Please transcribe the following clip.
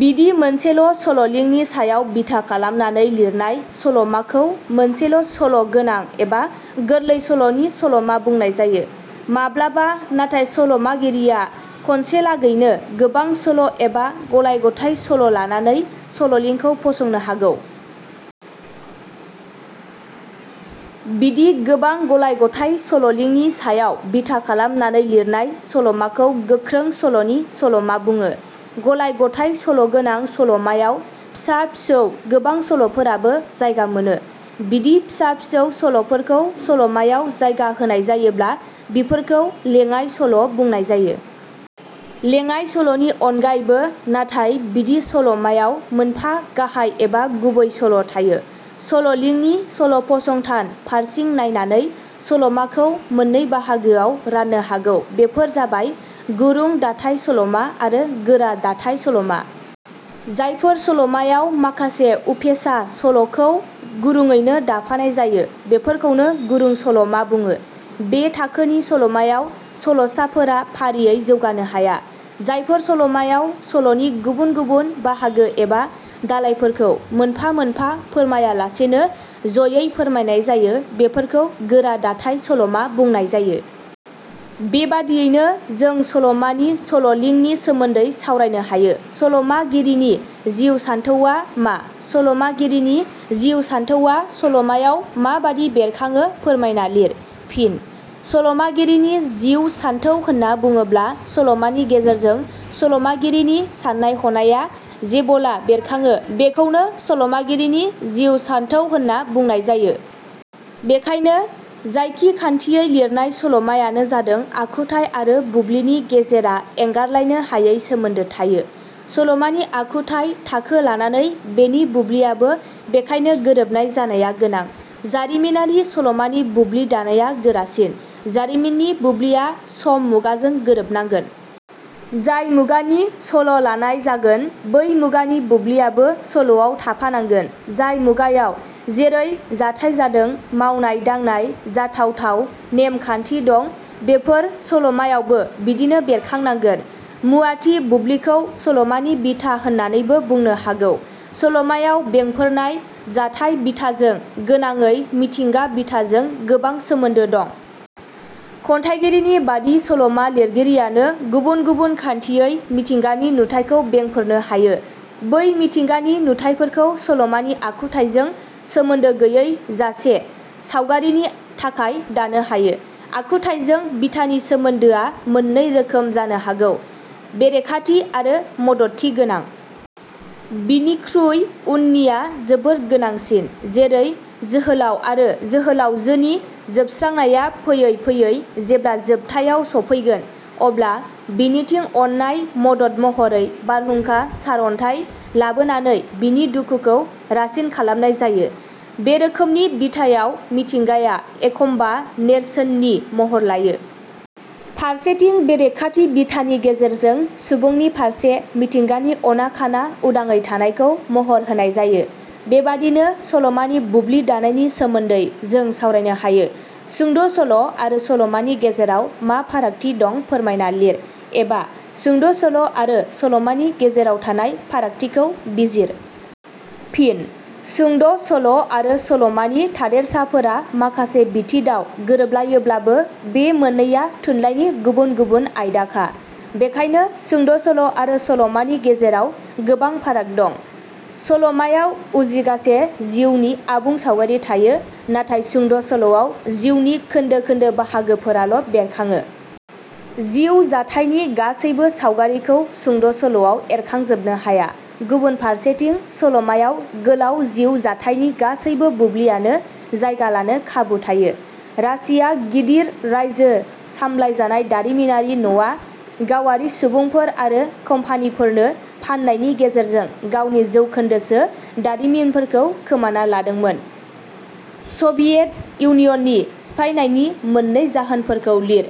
बिदि मोनसेल' सल 'लिंनि सायाव बिथा खालामनानै लिरनाय सल 'माखौ मोनसेल' सल 'गोनां एबा गोरलै सल 'नि सल'मा बुंनाय जायो। माब्लाबा नाथाय सल 'मागिरिया खनसेलागैनो गोबां सल' एबा गलाय-गथाय सल' लानानै सल 'लिंखौ फसंनो हागौ। बिदि गोबां गलाय गथाय सल 'लिंनि सायाव बिथा खालामनानै लिरनाय सल 'माखौ गोख्रों सल 'नि सल'मा बुङो। गलाय-गथाय सल'गोनां सल 'मायाव फिसा फिसौ गोबां सल'फोराबो जायगा मोनो। बिदि फिसा फिसौ सल 'फोरखौ सल 'मायाव जायगा होनाय जायोब्ला बिफोरखौ लेंङाइ सल' बुंनाय जायो। लेङाइ सल 'नि अनगायैबो नाथाय बिदि सल 'मायाव मोनफा गाहाइ एबा गुबै सल' थायो। सल 'लिंनि सल' फसंथान फारसिं नायनानै सल 'माखौ मोननै बाहागोआव राननो हागौ। बेफोर जाबाय-गुरुं दाथाइ सल'मा आरो गोरा दाथाइ सल'मा। जायफोर सल'मायाव माखासे उफेसा सल'खौ गुरुङैनो दाफानाय जायो बेफोरखौनो गुरुं सल'मा बुङो। बे थाखोनि सल'मायाव सल 'साफोरा फारियै जौगानो हाया। जायफोर सल'मायाव सल'नि गुबुन गुबुन बाहागो एबा दालाइफोरखौ मोनफा मोनफा फोरमायालासेनो ज'यै फोरमायनाय जायो बेफोरखौ गोरा दाथाइ सल'मा बुंनाय जायो। बेबादियैनो जों सल 'मानि सल 'लिंनि सोमोन्दै सावरायनो हायो। सल मागिरिनि जिउ सान्थौवा मा? सल 'मागिरिनि जिउ सानथौवा सल 'मायाव माबादि बेरखाङो फोरमायना लिर। फिन: सल'मागिरिनि जिउ सानथौ होनना बुङोब्ला सल'मानि गेजेरजों सल 'मागिरिनि साननाय हनाया जेबला बेरखाङो बेखौनो सल 'मागिरिनि जिउ सानथौ होनना बुंनाय जायो। बेखायनो जायखि खान्थियै लिरनाय सल'मायानो जादों आखुथाइ आरो बुब्लिनि गेजेरा एंगारलायनो हायै सोमोन्दो थायो। सलमानि आखुथाइ थाखो लानानै बेनि बुब्लियाबो बेखायनो गोरोबनाय जानाया गोनां। जारिमिनारि सल'मानि बुब्लि दानाया गोरासिन। जारिमिननि बुब्लिया सम-मुगाजों गोरोबनांगोन। जाय मुगानि सल' लानाय, जागोन बै मुगानि बुब्लियाबो सल'आव थाफानांगोन। जाय मुगायाव जेरै जाथाइ जादों, मावनाय-दांनाय, जाथाव-थाव नेम-खान्थि दं, बेफोर सल 'मायावबो बिदिनो बेरखांनांगोन। मुवाथि बुब्लिखौ सलमानि बिथा होननानैबो बुंनो हागौ। सल 'मायाव बेंफोरनाय जाथाय-बिथाजों गोनाङै मिथिंगा बिथाजों गोबां सोमोन्दो दं। खन्थाइगिरिनि बादि सल'मा लिरगिरियानो गुबुन गुबुन खान्थियै मिथिंगानि नुथायखौ बेंफोरनो हायो। बै मिथिंगानि नुथायफोरखौ सल'मानि आखुथाइजों सोमोन्दो गैयै जासे सावगारिनि थाखाय दानो हायो। आखुथाइजों बिथानि सोमोन्दोआ मोननै रोखोम जानो हागौ- बेरेखाथि आरो मददथि गोनां। बिनिख्रुइ उननिया जोबोर गोनांसिन। जेरै जोहोलाव आरो जोहोलावजोनि जोबस्रांनाया फैयै फैयै जेब्ला जोबथायाव सफैगोन, अब्ला बिनिथिं अननाय मदद महरै बारहुंखा सारन्थाइ लाबोनानै बिनि दुखुखौ रासिन खालामनाय जायो। बे रोखोमनि बिथायाव मिथिंगाया एखम्बा नेरसोन नि महर लायो। फारसेथिं बेरेखाथि बिथानि गेजेरजों सुबुंनि फारसे मिथिंगानि अनाखाना उदाङै थानायखौ महर होनाय जायो। बेबादिनो सलमानि बुब्लि दानायनि सोमोन्दै जों सावरायनो हायो। सुंद' सल' आरो सलमानि गेजेराव मा फारागथि दं फोरमायना लिर। "एबा" सुंद' सल' आरो सलमानि गेजेराव थानाय फारागथिफोरखौ बिजिर। फिन: सुंद' सल' आरो सलमानि थादेरसाफोरा माखासे बिथिडाव गोरोबलायोब्लाबो बे मोननैया थुनलाइनि गुबुन गुबुन आयदाखा। बेखायनो सुंद' सल' आरो सल 'मानि गेजेराव गोबां फाराग दं। सल 'मायाव उजिगासे जिउनि आबुं सावगारि थायो नाथाय सुंद' सल'आव जिउनि खोन्दो खोन्दो बाहागोफोराल' बेरखाङो। जिउ जाथाइनि गासैबो सावगारिखौ सुंद' सल'आव एरखांजोबनो हाया। गुबुन फारसेथिं सल 'मायाव गोलाव जिउ जाथाइनि गासैबो बुब्लियानो जायगा लानो खाबु थायो। रासिया गिदिर रायजो सामलायजानाय दारिमिनारि न'आ गावारि सुबुंफोर आरो कम्पानिफोरनो फाननायनि गेजेरजों गावनि जौखोन्दोसो दारिमिनफोरखौ खोमाना लादोंमोन। सभियेट इउनियननि सिफायनायनि मोननै जाहोनफोरखौ लिर?